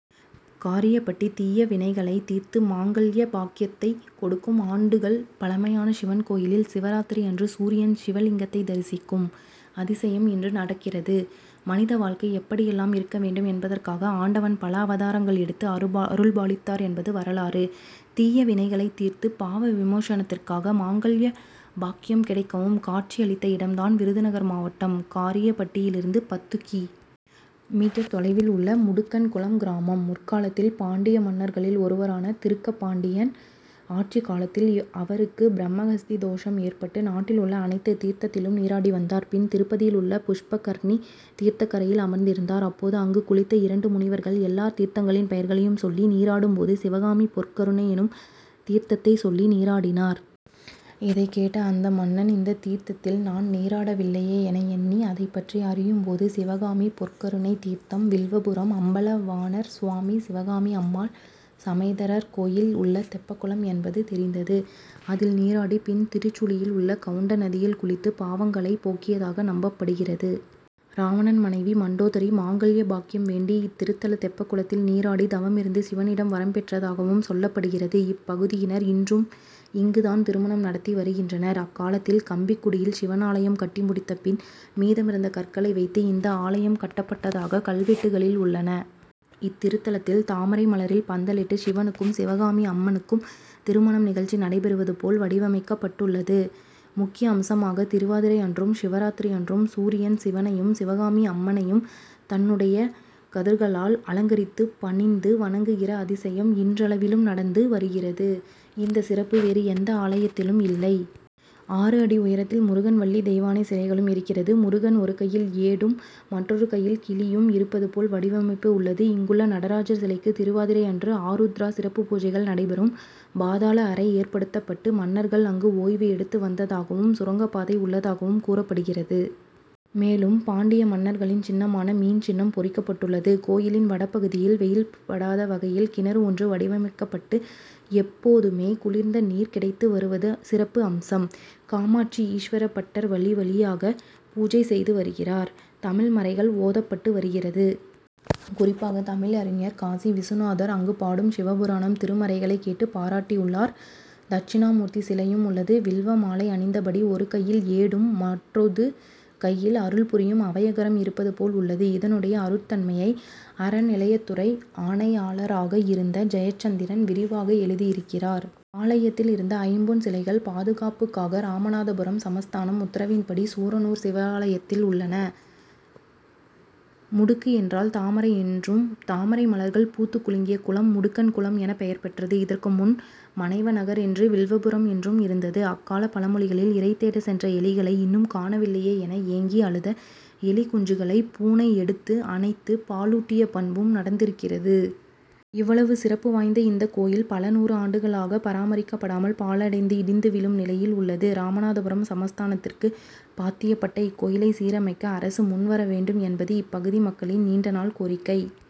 காரியாபட்டி தீயவினைகளை தீர்த்து மாங்கல்ய பாக்கியத்தை கொடுக்கும் ஆண்டுகள் பழமையான சிவன்கோயிலில் சிவராத்திரி அன்று சூரியன் சிவலிங்கத்தை தரிசிக்கும் அதிசயம் இன்றும் நடக்கிறது. மனித வாழ்க்கை எப்படி எல்லாம் இருக்க வேண்டும் என்பதற்காக ஆண்டவன் பல அவதாரங்கள் எடுத்து அருள்பாலித்தார் என்பது வரலாறு. தீயவினைகளை தீர்த்து பாவ விமோசனத்திற்காகவும் மாங்கல்ய பாக்கியம் கிடைக்கவும் காட்சி அளித்த இடம்தான் விருதுநகர் மாவட்டம் காரியாபட்டியிலிருந்து பத்து கி. மீட்டர். தொலைவில் உள்ள முடுக்கன்குளம் கிராமம். முற்காலத்தில் பாண்டியமன்னர்களில் ஒருவரான திருக்கபாண்டியன் ஆட்சி காலத்தில் அவருக்கு பிரம்மகஸ்தி தோஷம் ஏற்பட்டு நாட்டில் உள்ள அனைத்து தீர்த்தத்திலும் நீராடி வந்தார். பின் திருப்பதியில் உள்ள புஷ்பகர்ணி தீர்த்தகரையில் அமர்ந்திருந்தார். அப்போது அங்கு குளித்த இரண்டு முனிவர்கள் எல்லா தீர்த்தங்களின் பெயர்களை சொல்லி நீராடும்போது சிவகாமி பொற்கருனை எனும் தீர்த்தத்தை சொல்லி நீராடினர். இதை கேட்ட அந்த மன்னன் இந்த தீர்த்ததில் நான் நீராடவில்லையே என எண்ணி அதைப்பற்றி அறியும்போது சிவகாமி பொற்கருனை தீர்த்தம் வில்வபுரம் அம்பலவாணர்சுவாமி சிவகாமி அம்மாள் சமேதரர் கோயில் உள்ள தெப்பக்குளம் என்பது தெரிந்தது. அதில் நீராடி பின் திருச்சுழியில் உள்ள கவுண்டநதியில் குளித்து பாவங்களை போக்கியதாக நம்பப்படுகிறது. ராவணன் மனைவி மண்டோதரி மாங்கல்ய பாக்கியம் வேண்டி இத்திருத்தல தெப்பகுளத்தில் நீராடி தவமிருந்து சிவனிடம் வரம் பெற்றதாகவும் சொல்லப்படுகிறது. இப்பகுதியினர் இன்றும் இங்குதான் திருமணம் நடத்தி வருகின்றனர். அக்காலத்தில் கம்பிக்குடியில் சிவன் ஆலயம் கட்டி முடித்த பின் மீதமிருந்த கற்களை வைத்து இந்த ஆலயம் கட்டப்பட்டதாக கல்வெட்டுகளில் உள்ளன. இத்திருத்தலத்தில் தாமரை மலரில் பந்தலிட்டு சிவனுக்கும் சிவகாமி அம்மனுக்கும் திருமண நிகழ்ச்சி நடைபெறுவதுபோல் வடிவமைக்கப்பட்டுள்ளது. முக்கிய அம்சமாக திருவாதிரை அன்றும் சிவராத்திரி அன்றும் சூரியன் சிவனையும் சிவகாமி அம்மனையும் தன்னுடைய கதிர்களால் அலங்கரித்து பணிந்து வணங்குகிற அதிசயம் இன்றளவிலும் நடந்து வருகிறது. இந்த சிறப்பு வேறு எந்த ஆலயத்திலும் இல்லை. ஆறு அடி உயரத்தில் முருகன் வள்ளி தெய்வானை சிலைகளும் இருக்கிறது. முருகன் ஒரு கையில் ஏடும் மற்றொரு கையில் கிளியும் இருப்பது போல் வடிவமைப்பு உள்ளது. இங்குள்ள நடராஜர் சிலைக்கு திருவாதிரை அன்று ஆருத்ரா சிறப்பு பூஜைகள் நடைபெறும். பாதாள அறை ஏற்படுத்தப்பட்டு மன்னர்கள் அங்கு ஓய்வு எடுத்து வந்ததாகவும் சுரங்கப்பாதை உள்ளதாகவும் கூறப்படுகிறது. மேலும் பாண்டிய மன்னர்களின் சின்னமான மீன் சின்னம் பொறிக்கப்பட்டுள்ளது. கோயிலின் வடபகுதியில் வெயில் படாத வகையில் கிணறு ஒன்று வடிவமைக்கப்பட்டு எப்போதுமே குளிர்ந்த நீர் கிடைத்து வருவது சிறப்பு அம்சம். காமாட்சி ஈஸ்வர பட்டர் வழி வழியாக பூஜை செய்து வருகிறார். தமிழ் மறைகள் ஓதப்பட்டு வருகிறது. குறிப்பாக தமிழ் அறிஞர் காசிவிசுநாதர் அங்கு பாடும் சிவபுராணம் திருமறைகளை கேட்டு பாராட்டி உள்ளார். தட்சிணாமூர்த்தி சிலையும் உள்ளது. வில்வ மாலை அணிந்த படி ஒரு கையில் ஏடும் மற்றொது கையில் அருள் புரியும் அவையகரம் இருப்பது போல் உள்ளது. இதனுடைய அருட்தன்மையை அறநிலையத்துறை ஆணையாளராக இருந்த ஜெயச்சந்திரன் விரிவாக எழுதி இருக்கிறார். ஆலயத்தில் இருந்த ஐம்பொன் சிலைகள் பாதுகாப்புக்காக ராமநாதபுரம் சமஸ்தானம் உத்தரவின்படி சூரனூர் சிவாலயத்தில் உள்ளன. முடுக்கு என்றால் தாமரை என்றும் தாமரை மலர்கள் பூத்துக் குலுங்கிய குளம் முடுக்கன்களம் என பெயர் பெற்றது. இதற்கு முன் மனைவநகர் என்றும் வில்வபுரம் என்றும் இருந்தது. அக்கால பழமொழிகளில் இறைதேட சென்ற எலிகளை இன்னும் காணவில்லையே என ஏங்கி அழுத எலி குஞ்சுகளை பூனை எடுத்து அணைத்து பாலூட்டிய பண்பும் நடந்திருக்கிறது. இவ்வளவு சிறப்பு வாய்ந்த இந்த கோயில் பல நூறு ஆண்டுகளாக பராமரிக்கப்படாமல் பாழடைந்து இடிந்து விழும் நிலையில் உள்ளது. ராமநாதபுரம் சமஸ்தானத்திற்கு பாத்தியப்பட்ட இக்கோயிலை சீரமைக்க அரசு முன்வரவேண்டும் என்பது இப்பகுதி மக்களின் நீண்ட நாள் கோரிக்கை.